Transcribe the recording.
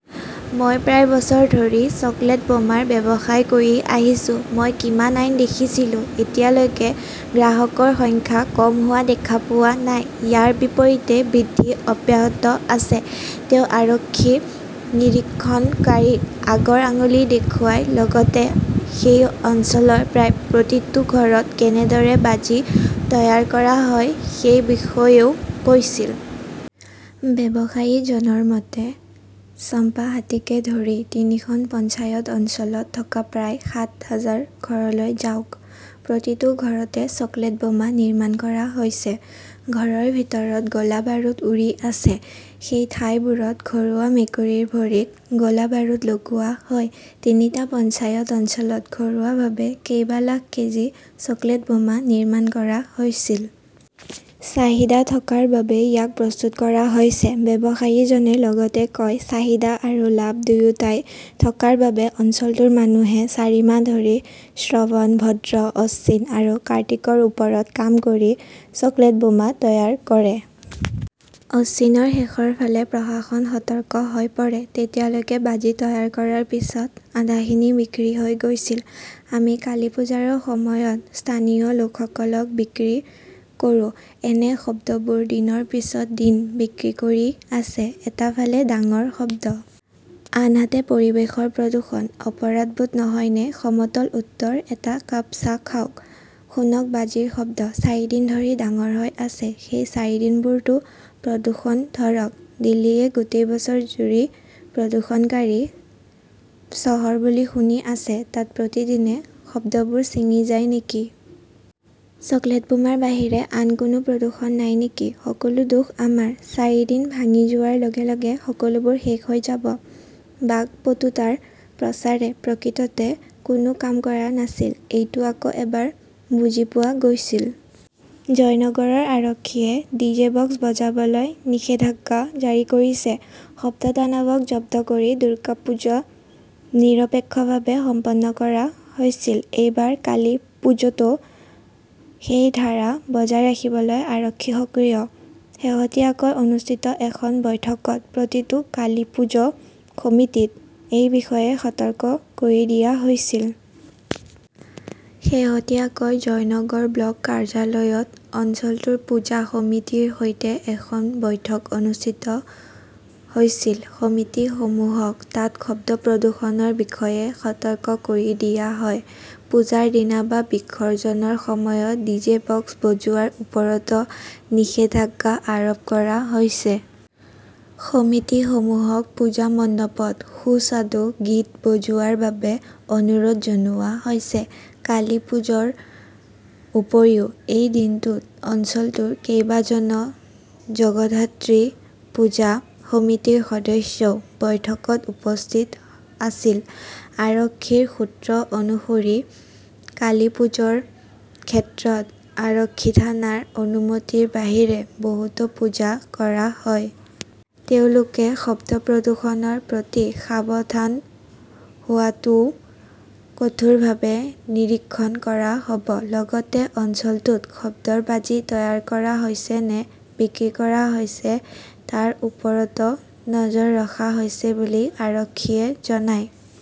মই প্ৰায় বছৰ ধৰি চকলেট বোমাৰ ব্যৱসায় কৰি আহিছো। মই কিমান আইন দেখিছিলো। এতিয়ালৈকে গ্ৰাহকৰ সংখ্যা কম হোৱা দেখা পোৱা নাই। ইয়াৰ বিপৰীতে বৃদ্ধি অব্যাহত আছে। তেওঁ আৰক্ষী নিৰীক্ষণকাৰীক আগৰ আঙুলি দেখুৱাই লগতে সেই অঞ্চলৰ প্ৰায় প্ৰতিটো ঘৰত কেনেদৰে বাজি তৈয়াৰ কৰা হয় সেই বিষয়েও কৈছিল। ব্যৱসায়ীজনৰ মতে, চম্পাহাটিকে ধৰি তিনিখন পঞ্চায়ত অঞ্চলত থকা প্ৰায় সাত হাজাৰ ঘৰলৈ যাওক। প্ৰতিটো ঘৰতে চকলেট বোমা নিৰ্মাণ কৰা হৈছে। ঘৰৰ ভিতৰত গোলা-বাৰুদ উৰি আছে। সেই ঠাইবোৰত ঘৰুৱা মেকুৰীৰ ভৰিত গোলা-বাৰুদ লগোৱা হয়। তিনিটা পঞ্চায়ত অঞ্চলত ঘৰুৱাভাৱে কেইবা লাখ কেজি চকলেট বোমা নিৰ্মাণ কৰা হৈছিল। চাহিদা থকাৰ বাবেই ইয়াক প্ৰস্তুত কৰা হৈছে। ব্যৱসায়ীজনে লগতে কয় চাহিদা আৰু লাভ দুয়োটাই থকাৰ বাবে অঞ্চলটোৰ মানুহে চাৰি মাহ ধৰি শ্ৰৱণ, ভদ্ৰ, অশ্বিন আৰু কাৰ্তিকৰ ওপৰত কাম কৰি চকলেট বোমা তৈয়াৰ কৰে। অশ্বিনৰ শেষৰ ফালে প্ৰশাসন সতৰ্ক হৈ পৰে। তেতিয়ালৈকে বাজি তৈয়াৰ কৰাৰ পিছত আধাখিনি বিক্ৰী হৈ গৈছিল। আমি কালীপুজোৰ সময়ত স্থানীয় লোকসকলক বিক্ৰী কৰো। এনে শব্দবোৰ দিনৰ পিছত দিন বিক্ৰী কৰি আছে। এটা ফালে ডাঙৰ শব্দ। আনহাতে, পৰিৱেশৰ প্ৰদূষণ। অপৰাধবোধ নহয়নে? সমতল উত্তৰ এটা কাপ চাহ খাওক। শুনক বাজিৰ শব্দ চাৰিদিন ধৰি ডাঙৰ হৈ আছে। সেই চাৰিদিনবোৰতো প্ৰদূষণ ধৰক দিল্লীয়ে গোটেই বছৰজুৰি প্ৰদূষণকাৰী চহৰ বুলি শুনি আছে। তাত প্ৰতিদিনে শব্দবোৰ ছিঙি যায় নেকি? চকলেট বোমাৰ বাহিৰে আন কোনো প্ৰদূষণ নাই নেকি? সকলো দোষ আমাৰ? চাৰিদিন ভাঙি যোৱাৰ লগে - লগে সকলোবোৰ শেষ হৈ যাব। বাকপটুতাৰ প্ৰচাৰে প্ৰকৃততে কোনো কাম কৰা নাছিল, এইটো আকৌ এবাৰ বুজি পোৱা গৈছিল। জয়নগৰৰ আৰক্ষীয়ে ডিজে বক্স বজাবলৈ নিষেধাজ্ঞা জাৰি কৰিছে শব্দদানৱক জব্দ কৰি দুৰ্গা পূজা নিৰপেক্ষভাৱে সম্পন্ন কৰা হৈছিল। এইবাৰ কালিপুজোতো সেই ধাৰা বজাই ৰাখিবলৈ আৰক্ষী সক্ৰিয়। শেহতীয়াকৈ অনুষ্ঠিত এখন বৈঠকত প্ৰতিটো কালীপুজো কমিটীক এই বিষয়ে সতৰ্ক কৰি দিয়া হৈছিল। শেহতীয়াকৈ জয়নগৰ ব্লক কাৰ্যালয়ত অঞ্চলটোৰ পূজা সমিতিৰ সৈতে এখন বৈঠক অনুষ্ঠিত হৈছিল। সমিতিসমূহক তাত শব্দ প্ৰদূষণৰ বিষয়ে সতৰ্ক কৰি দিয়া হয়। পূজাৰ দিনা বা বিসৰ্জনৰ সময়ত ডিজে বক্স বজোৱাৰ ওপৰতো নিষেধাজ্ঞা আৰোপ কৰা হৈছে। সমিতিসমূহক পূজা মণ্ডপত সুস্বাদু গীত বজোৱাৰ বাবে অনুৰোধ জনোৱা হৈছে। কালিপুজোৰ উপৰিও এই দিনটোত অঞ্চলটোৰ কেইবাজনো জগধাত্ৰী পূজা সমিতিৰ সদস্যও বৈঠকত উপস্থিত আছিল। আৰক্ষীৰ সূত্ৰ অনুসৰি, কালীপুজোৰ ক্ষেত্ৰত আৰক্ষী থানাৰ অনুমতিৰ বাহিৰে বহুতো পূজা কৰা হয়। তেওঁলোকে শব্দ প্ৰদূষণৰ প্ৰতি সাৱধান হোৱাটোও কঠোৰভাৱে নিৰীক্ষণ কৰা হব। লগতে অঞ্চলটোত শব্দৰ বাজি তৈয়াৰ কৰা হৈছে নে বিক্ৰী কৰা হৈছে তাৰ ওপৰতো নজৰ ৰখা হৈছে বুলি আৰক্ষীয়ে জনায়।